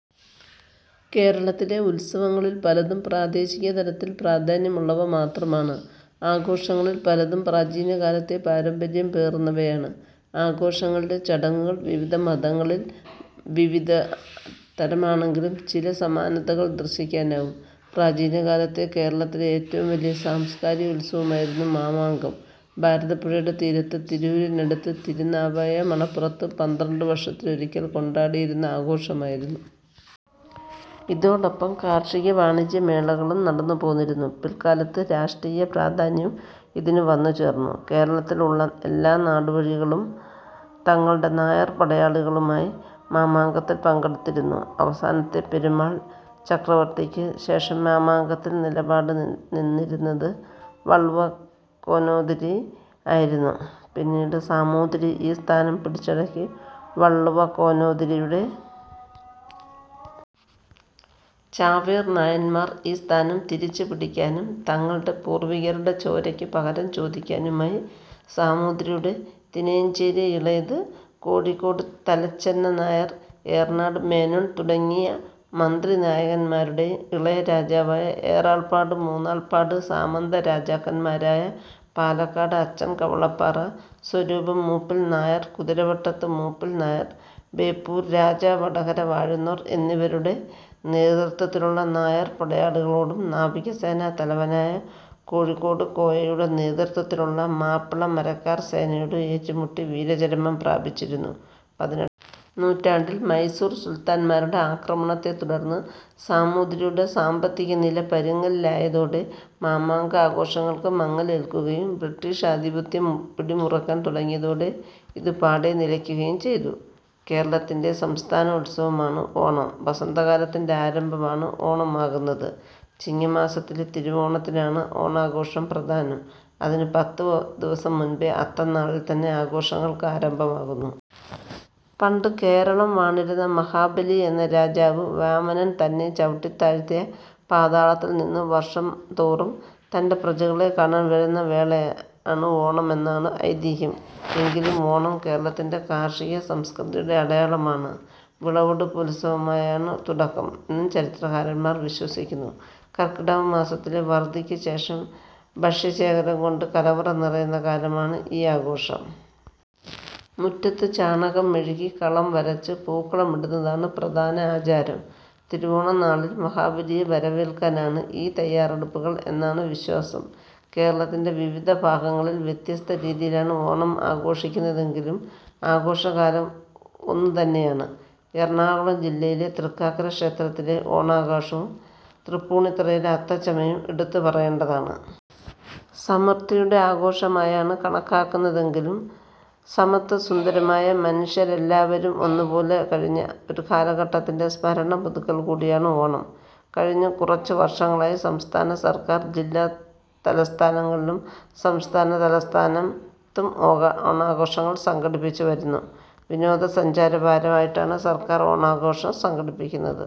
കേരളത്തിലെ ഉത്സവങ്ങളിൽ പലതും പ്രാദേശിക തലത്തിൽ പ്രാധാന്യമുള്ളവ മാത്രമാണ്. ആഘോഷങ്ങളിൽ പലതും പ്രാചീനകാലത്തെ പാരമ്പര്യം പേറുന്നവയാണ്. ആഘോഷങ്ങളിലെ ചടങ്ങുകൾ വിവിധ മതങ്ങളിൽ വിവിധ തരമാണെങ്കിലും ചില സമാനതകൾ ദർശിക്കാനാവും. പ്രാചീനകാലത്തെ കേരളത്തിലെ ഏറ്റവും വലിയ സാംസ്കാരികോത്സവമായിരുന്ന മാമാങ്കം ഭാരതപ്പുഴയുടെ തീരത്തെ തിരൂരിനടുത്ത് തിരുനാവായ മണപ്പുറത്ത് പന്ത്രണ്ട് വർഷത്തിലൊരിക്കൽ കൊണ്ടാടിയിരുന്ന ആഘോഷമായിരുന്നു. ഇതോടൊപ്പം കാർഷിക വാണിജ്യമേളകളും നടന്നുപോന്നിരുന്നു. പിൽക്കാലത്ത് രാഷ്ട്രീയ പ്രാധാന്യവും ഇതിന് വന്നുചേർന്നു. കേരളത്തിൽ ഉള്ള എല്ലാ നാടുവാഴികളും തങ്ങളുടെ നായർ പടയാളികളുമായി മാമാങ്കത്തിൽ പങ്കെടുത്തിരുന്നു. അവസാനത്തെ പെരുമാൾ ചക്രവർത്തിക്ക് ശേഷം മാമാങ്കത്തിൽ നിലപാട് നിന്നിരുന്നത് വള്ളുവക്കോനാതിരി ആയിരുന്നു. പിന്നീട് സാമൂതിരി ഈ സ്ഥാനം പിടിച്ചടക്കി. വള്ളുവക്കോനാതിരിയുടെ ചാവേർ നായന്മാർ ഈ സ്ഥാനം തിരിച്ചുപിടിക്കാനും തങ്ങളുടെ പൂർവികരുടെ ചോരയ്ക്ക് പകരം ചോദിക്കാനുമായി സാമൂതിരിയുടെ തിനയഞ്ചേരി ഇളയത് കോഴിക്കോട് തലച്ചെന്നനായർ ഏറനാട് മേനോൻ തുടങ്ങിയ മന്ത്രി നായകന്മാരുടെയും ഇളയ രാജാവായ ഏറാൾപ്പാട് മൂന്നാൾപ്പാട് സാമന്ത രാജാക്കന്മാരായ പാലക്കാട് അച്ചൻ കവളപ്പാറ സ്വരൂപം മൂപ്പിൽ നായർ കുതിരവട്ടത്ത് മൂപ്പിൽ നായർ ബേപ്പൂർ രാജാ വടകര വാഴുന്നോർ എന്നിവരുടെ നേതൃത്വത്തിലുള്ള നായർ പടയാളികളോടും നാവികസേനാ തലവനായ കോഴിക്കോട് കോയയുടെ നേതൃത്വത്തിലുള്ള മാപ്പിള മരക്കാർ സേനയോടും ഏറ്റുമുട്ടി വീരചരമം പ്രാപിച്ചിരുന്നു. പതിനെട്ടാം നൂറ്റാണ്ടിൽ മൈസൂർ സുൽത്താന്മാരുടെ ആക്രമണത്തെ തുടർന്ന് സാമൂതിരിയുടെ സാമ്പത്തികനില പരുങ്ങലിലായതോടെ മാമാങ്കാഘോഷങ്ങൾക്ക് മങ്ങലേൽക്കുകയും ബ്രിട്ടീഷ് ആധിപത്യം പിടിമുറുക്കാൻ തുടങ്ങിയതോടെ ഇത് പാടേ നിലയ്ക്കുകയും ചെയ്തു. കേരളത്തിൻ്റെ സംസ്ഥാനോത്സവമാണ് ഓണം. വസന്തകാലത്തിൻ്റെ ആരംഭമാണ് ഓണമാകുന്നത്. ചിങ്ങമാസത്തിലെ തിരുവോണത്തിനാണ് ഓണാഘോഷം പ്രധാനം. അതിനു പത്തു ദിവസം മുൻപ് അത്തം നാളിൽ തന്നെ ആഘോഷങ്ങൾക്ക് ആരംഭമാകുന്നു. പണ്ട് കേരളം വാണിരുന്ന മഹാബലി എന്ന രാജാവ് വാമനൻ തന്നെ ചവിട്ടിത്താഴ്ത്തിയ പാതാളത്തിൽ നിന്ന് വർഷം തോറും തൻ്റെ പ്രജകളെ കാണാൻ വരുന്ന വേളയാണ് ഓണമെന്നാണ് ഐതിഹ്യം. എങ്കിലും ഓണം കേരളത്തിൻ്റെ കാർഷിക സംസ്കൃതിയുടെ അടയാളമാണ്. വിളവെടുപ്പുത്സവമായാണ് തുടക്കം എന്നു ചരിത്രകാരന്മാർ വിശ്വസിക്കുന്നു. കർക്കടകമാസത്തിലെ വറുതിക്ക് ശേഷം ഭക്ഷ്യശേഖരം കൊണ്ട് കലവറ നിറയുന്ന കാലമാണ് ഈ ആഘോഷം. മുറ്റത്ത് ചാണകം മെഴുകി കളം വരച്ച് പൂക്കളമിടുന്നതാണ് പ്രധാന ആചാരം. തിരുവോണ നാളിൽ മഹാബലിയെ വരവേൽക്കാനാണ് ഈ തയ്യാറെടുപ്പുകൾ എന്നാണു വിശ്വാസം. കേരളത്തിൻ്റെ വിവിധ ഭാഗങ്ങളിൽ വ്യത്യസ്ത രീതിയിലാണ് ഓണം ആഘോഷിക്കുന്നതെങ്കിലും ആഘോഷകാലം ഒന്നു തന്നെയാണ്. എറണാകുളം ജില്ലയിലെ തൃക്കാക്കര ക്ഷേത്രത്തിലെ ഓണാഘോഷവും തൃപ്പൂണിത്തുറയിലെ അത്തച്ചമയവും എടുത്തുപറയേണ്ടതാണ്. സമൃദ്ധിയുടെ ആഘോഷമായാണ് കണക്കാക്കുന്നതെങ്കിലും സമത്വസുന്ദരമായ മാനുഷരെല്ലാവരും ഒന്നു പോലെ കഴിഞ്ഞ ഒരു കാലഘട്ടത്തിൻ്റെ സ്മരണ പുതുക്കൽ കൂടിയാണ് ഓണം. കഴിഞ്ഞ കുറച്ചു വർഷങ്ങളായി സംസ്ഥാന സർക്കാർ ജില്ലാ തലസ്ഥാനങ്ങളിലും സംസ്ഥാന തലസ്ഥാനത്തും ഓണാഘോഷങ്ങൾ സംഘടിപ്പിച്ചു വരുന്നു. വിനോദസഞ്ചാര വാരം ആയിട്ടാണ് സർക്കാർ ഓണാഘോഷം സംഘടിപ്പിക്കുന്നത്.